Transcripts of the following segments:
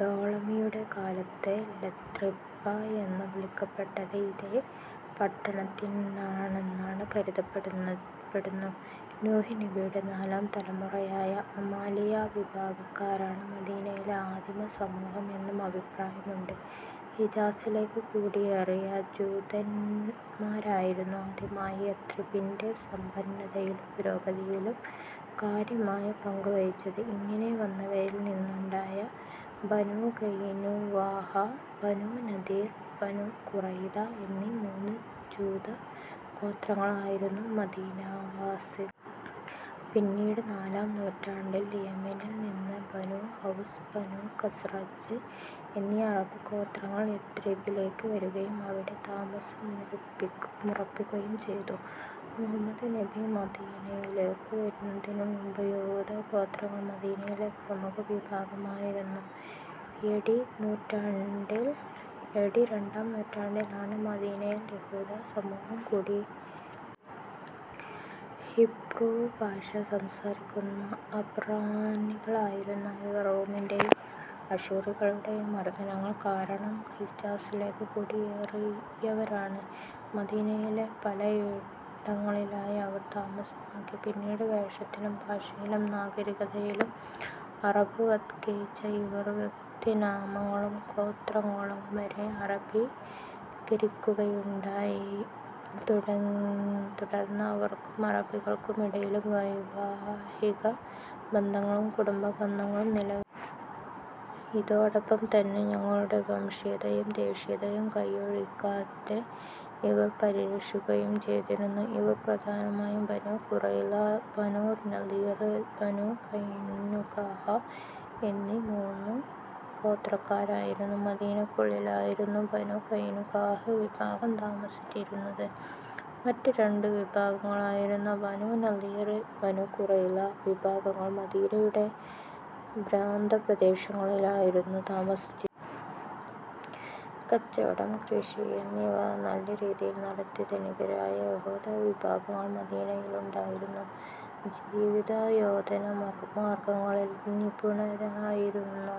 ടോളമിയുടെ കാലത്ത് ലഥ്രിപ്പ എന്ന് വിളിക്കപ്പെട്ടത് ഇതേ പട്ടണത്തിനാണെന്നാണ് കരുതപ്പെടുന്നു. നൂഹ് നബിയുടെ നാലാം തലമുറയായ അമാലിയ വിഭാഗക്കാരാണ് മദീനയിലെ ആദിമ സമൂഹം എന്നും അഭിപ്രായമുണ്ട്. ഹിജാസിലേക്ക് കുടിയേറിയ ജൂതൻമാരായിരുന്നു ആദ്യമായി യഥ്രിബിന്റെ സമ്പന്നതയിലും പുരോഗതിയിലും കാര്യമായ പങ്കുവഹിച്ചത്. ഇങ്ങനെ വന്നവരിൽ നിന്നുണ്ടായ ബനൂഖൈനുവാഅ, ബനൂ നദീർ, ബനൂ ഖുറൈദ എന്നീ മൂന്ന് ജൂത ഗോത്രങ്ങളായിരുന്നു മദീനാവാസികൾ. പിന്നീട് നാലാം നൂറ്റാണ്ടിൽ യെമനിൽ നിന്ന് ബനൂ ഔസ്, ബനൂ ഖസ്റജ് എന്നീ അറബ് ഗോത്രങ്ങൾ യഥ്രിബിലേക്ക് വരുകയും അവിടെ താമസമുറപ്പിക്കുകയും ചെയ്തു. മുഹമ്മദ് നബി മദീനയിലേക്ക് വരുന്നതിനു മുമ്പ് യഹൂദ ഗോത്രങ്ങൾ മദീനയിലെ പ്രമുഖ വിഭാഗമായിരുന്നു. എ. ഡി രണ്ടാം നൂറ്റാണ്ടിൽ ആണ് മദീനയിൽ യഹൂദസമൂഹം കുടിയേറിയത്. ഹീബ്രു ഭാഷ സംസാരിക്കുന്ന അബ്റാനികളായിരുന്ന ഇവർ റോമിന്റേയും അശൂറികളുടെയും മർദനങ്ങൾ കാരണം ഹിജാസിലേക്ക് കുടിയേറിയവരാണ്. മദീനയിലെ പലയിടങ്ങളിലായി അവർ താമസമാക്കി. പിന്നീട് വേഷത്തിലും ഭാഷയിലും നാഗരികതയിലും അറബ് വത്കരിച്ച ഇവർ വ്യക്തിനാമങ്ങളും ഗോത്രങ്ങളും വരെ അറബീകരിക്കുകയുണ്ടായി. തുടർന്ന് അവർക്കും അറബികൾക്കുമിടയിൽ വൈവാഹിക ബന്ധങ്ങളും കുടുംബ ബന്ധങ്ങളും നിലവിൽവന്നു. ഇതോടൊപ്പം തന്നെ തങ്ങളുടെ വംശീയതയും ദേശീയതയും കയ്യൊഴിക്കാതെ ഇവർ പരിരക്ഷിക്കുകയും ചെയ്തിരുന്നു. ഇവർ പ്രധാനമായും ബനൂ ഖുറൈള, ബനൂ നളീർ, ബനൂ ഖൈനുഖാഅ എന്നീ മൂന്ന് ഗോത്രക്കാരായിരുന്നു. മദീനക്കുള്ളിലായിരുന്നു ബനൂ ഖൈനുഖാഅ് വിഭാഗം താമസിച്ചിരുന്നത്. മറ്റു രണ്ടു വിഭാഗങ്ങളായിരുന്ന ബനൂനളിർ, ബനൂഖുറൈള വിഭാഗങ്ങൾ മദീനയുടെ പ്രാന്തപ്രദേശങ്ങളിലായിരുന്നു താമസിച്ചിരുന്നത്. കച്ചവടം, കൃഷി എന്നിവ നല്ല രീതിയിൽ നടത്തി ധനികരായ യഹൂദ വിഭാഗങ്ങൾ മദീനയിലുണ്ടായിരുന്നു. ജീവിതായോധന മാർഗങ്ങളിൽ നിപുണരായിരുന്ന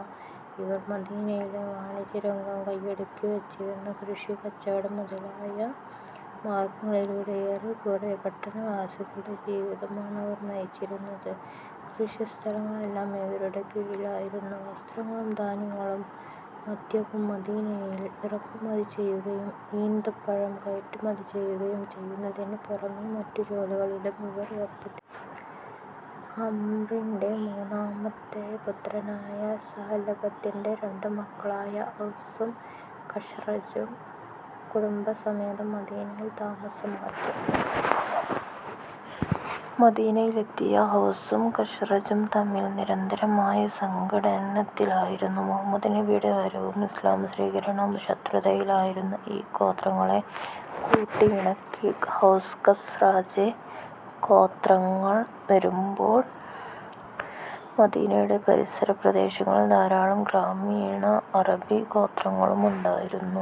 ഇവർ മദീനയിലെ വാണിജ്യരംഗം കയ്യടക്കിവെച്ചിരുന്നു. കൃഷി, കച്ചവടം മുതലായ മാർഗങ്ങളിലൂടെ ഏറെക്കുറെ പട്ടണവാസികളുടെ ജീവിതമാണ് അവർ നയിച്ചിരുന്നത്. കൃഷിസ്ഥലങ്ങളെല്ലാം ഇവരുടെ കീഴിലായിരുന്നു. വസ്ത്രങ്ങളും ധാന്യങ്ങളും മദ്യവും മദീനയിൽ ഇറക്കുമതിചെയ്യുകയും ഈന്തപ്പഴം കയറ്റുമതി ചെയ്യുകയും ചെയ്യുന്നതിന് പുറമെ മറ്റു ജോലികളിലും ഇവർ ഏർപ്പെട്ടിരുന്നു. അംറിന്റെ മൂന്നാമത്തെ പുത്രനായ സഅലബത്തിന്റെ രണ്ടുമക്കളായ ഔസും ഖസ്റജും കുടുംബസമേതം മദീനയിൽ താമസമാക്കി.. മദീനയിലെത്തിയ ഔസും ഖസ്റജും തമ്മിൽ നിരന്തരമായി സംഘട്ടനത്തിലായിരുന്നു. മുഹമ്മദ് നബിയുടെ വരവും ഇസ്ലാം സ്വീകരണവും ശത്രുതയിലായിരുന്ന ഈ ഗോത്രങ്ങളെ കൂട്ടിയിണക്കി. ഔസ്-ഖസ്റജ് ഗോത്രങ്ങൾ വരുമ്പോൾ മദീനയുടെ പരിസര പ്രദേശങ്ങളിൽ ധാരാളം ഗ്രാമീണ അറബി ഗോത്രങ്ങളുമുണ്ടായിരുന്നു.